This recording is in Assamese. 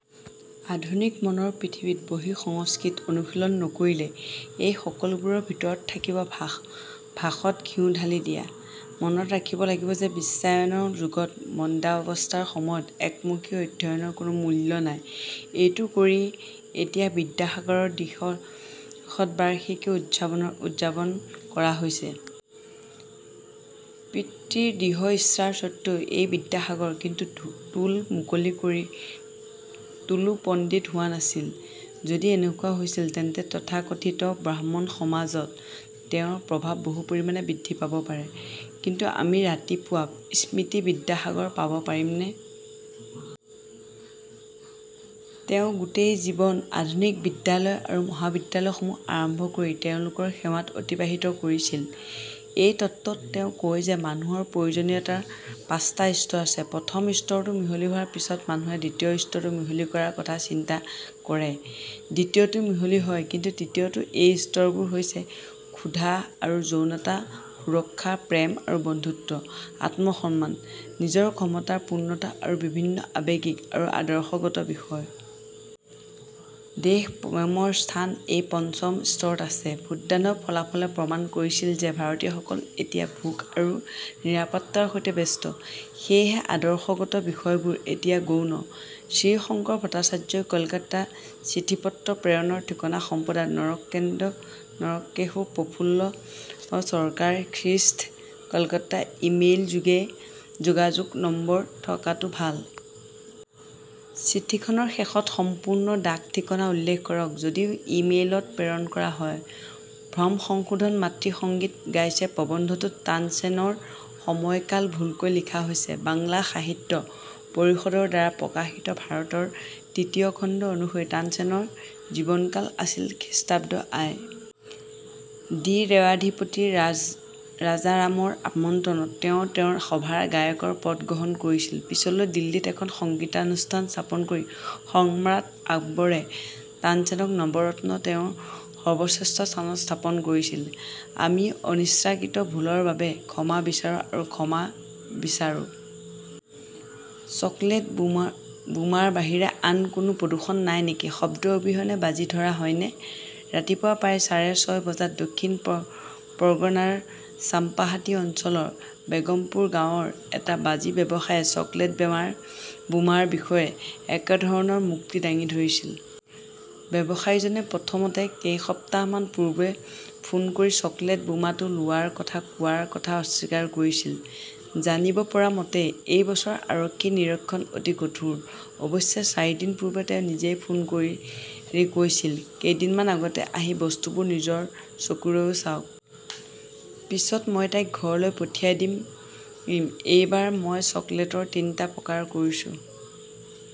আধুনিক মনৰ পৃথিৱীত বহি সংস্কৃত অনুশীলন নকৰিলে এই সকলোবোৰৰ ভিতৰত থাকিব ভাসত ঘিউ ঢালি দিয়া। মনত ৰাখিব লাগিব যে বিশ্বায়নৰ যুগত মন্দাৱস্থাৰ সময়ত একমুখী অধ্যয়নৰ কোনো মূল্য নাই। এইটো কৰি এতিয়া বিদ্যাসাগৰৰ দ্বিশতবাৰ্ষিকী উদযাপন কৰা হৈছে। পিতৃৰ দৃঢ় ইচ্ছাৰ স্বত্বেও, এই বিদ্যাসাগৰ কিন্তু টোল মুকলি কৰি টোলো পণ্ডিত হোৱা নাছিল। যদি এনেকুৱা হৈছিল, তেন্তে তথাকথিত ব্ৰাহ্মণ সমাজত তেওঁৰ প্ৰভাৱ বহু পৰিমাণে বৃদ্ধি পাব পাৰে। কিন্তু আমি ৰাতিপুৱাৰ স্মৃতি বিদ্যাসাগৰ পাব পাৰিমনে? তেওঁ গোটেই জীৱন আধুনিক বিদ্যালয় আৰু মহাবিদ্যালয়সমূহ আৰম্ভ কৰি তেওঁলোকৰ সেৱাত অতিবাহিত কৰিছিল। এই তত্ত্বত তেওঁ কয় যে মানুহৰ প্ৰয়োজনীয়তাৰ পাঁচটা স্তৰ আছে, প্ৰথম স্তৰটো মিহলি হোৱাৰ পিছত মানুহে দ্বিতীয় স্তৰটো মিহলি কৰাৰ কথা চিন্তা কৰে, দ্বিতীয়টো মিহলি হয় কিন্তু তৃতীয়টোএই স্তৰবোৰ হৈছে- ক্ষুধা আৰু যৌনতা, সুৰক্ষা, প্ৰেম আৰু বন্ধুত্ব, আত্মসন্মান, নিজৰ ক্ষমতাৰ পূৰ্ণতা আৰু বিভিন্ন আৱেগিক আৰু আদৰ্শগত বিষয়। দেশ প্ৰেমৰ স্থান এই পঞ্চম স্তৰত আছে। ভোটদানৰ ফলাফলে প্ৰমাণ কৰিছিল যে ভাৰতীয়সকল এতিয়া ভোক আৰু নিৰাপত্তাৰ সৈতে ব্যস্ত, সেয়েহে আদৰ্শগত বিষয়বোৰ এতিয়া গৌণ। শ্ৰীশংকৰ ভট্টাচাৰ্যই কলকাতা- চিঠিপত্ৰ প্ৰেৰণৰ ঠিকনা সম্পাদক নৰকেশু, প্ৰফুল চৰকাৰ ষ্ট্ৰীট, কলকাতা ই-মেইল যোগাযোগ নম্বৰ থকাটো ভাল। চিঠিখনৰ শেষত সম্পূৰ্ণ ডাক-ঠিকনা উল্লেখ কৰক, যদিও ই-মেইলত প্ৰেৰণ কৰা হয়। ভ্ৰম সংশোধন 'মাতৃ সংগীত গাইছে' প্ৰবন্ধটোত তানচেনৰ সময়কাল ভুলকৈ লিখা হৈছে। বাংলা সাহিত্য পৰিষদৰ দ্বাৰা প্ৰকাশিত ভাৰতৰ তৃতীয় খণ্ড অনুসৰি তানসেনৰ জীৱনকাল আছিল খ্ৰীষ্টাব্দ আই. ডি. ৰেৱাধিপতি ৰাজাৰামৰ আমন্ত্ৰণত তেওঁ - তেওঁৰ সভাৰ গায়কৰ পদ গ্ৰহণ কৰিছিল। পিছলৈ দিল্লীত এখন সংগীতানুষ্ঠান স্থাপন কৰি সম্ৰাট আকবৰে তাঞ্চেনক নৱৰত্নত তেওঁৰ সৰ্বশ্ৰেষ্ঠ স্থানত স্থাপন কৰিছিল। আমি অনিচ্ছাকৃত ভুলৰ বাবে ক্ষমা বিচাৰো আৰু ক্ষমা বিচাৰো। চকলেট বোমাৰ বাহিৰে আন কোনো প্ৰদূষণ নাই নেকি? শব্দ অবিহনে বাজি ধৰা হয়নে? ৰাতিপুৱা প্ৰায় চাঢ়ে ছয় বজাত দক্ষিণ পৰ্গনাৰ চম্পাহাটি অঞ্চলৰ বেগমপুৰ গাঁৱৰ এটা বাজি ব্যৱসায়ীয়ে চকলেট বোমাৰ বিষয়ে একেধৰণৰ যুক্তি দাঙি ধৰিছিল। ব্যৱসায়ীজনে প্ৰথমতে কেইসপ্তাহমান পূৰ্বে ফোন কৰি চকলেট বোমাটো লোৱাৰ কথা কোৱাৰ কথা অস্বীকাৰ কৰিছিল। জানিব পৰা মতে, এই বছৰ আৰক্ষীৰ নিৰীক্ষণ অতি কঠোৰ। অৱশ্যে চাৰিদিন পূৰ্বে তেওঁ নিজেই ফোন কৰি কৈছিল, কেইদিনমান আগতে আহি বস্তুবোৰ নিজৰ চকুৰে চাওক। পিছত মই তাইক ঘৰলৈ পঠিয়াই দিম। এইবাৰ মই চকলেটৰ তিনিটা প্ৰকাৰ কৰিছো।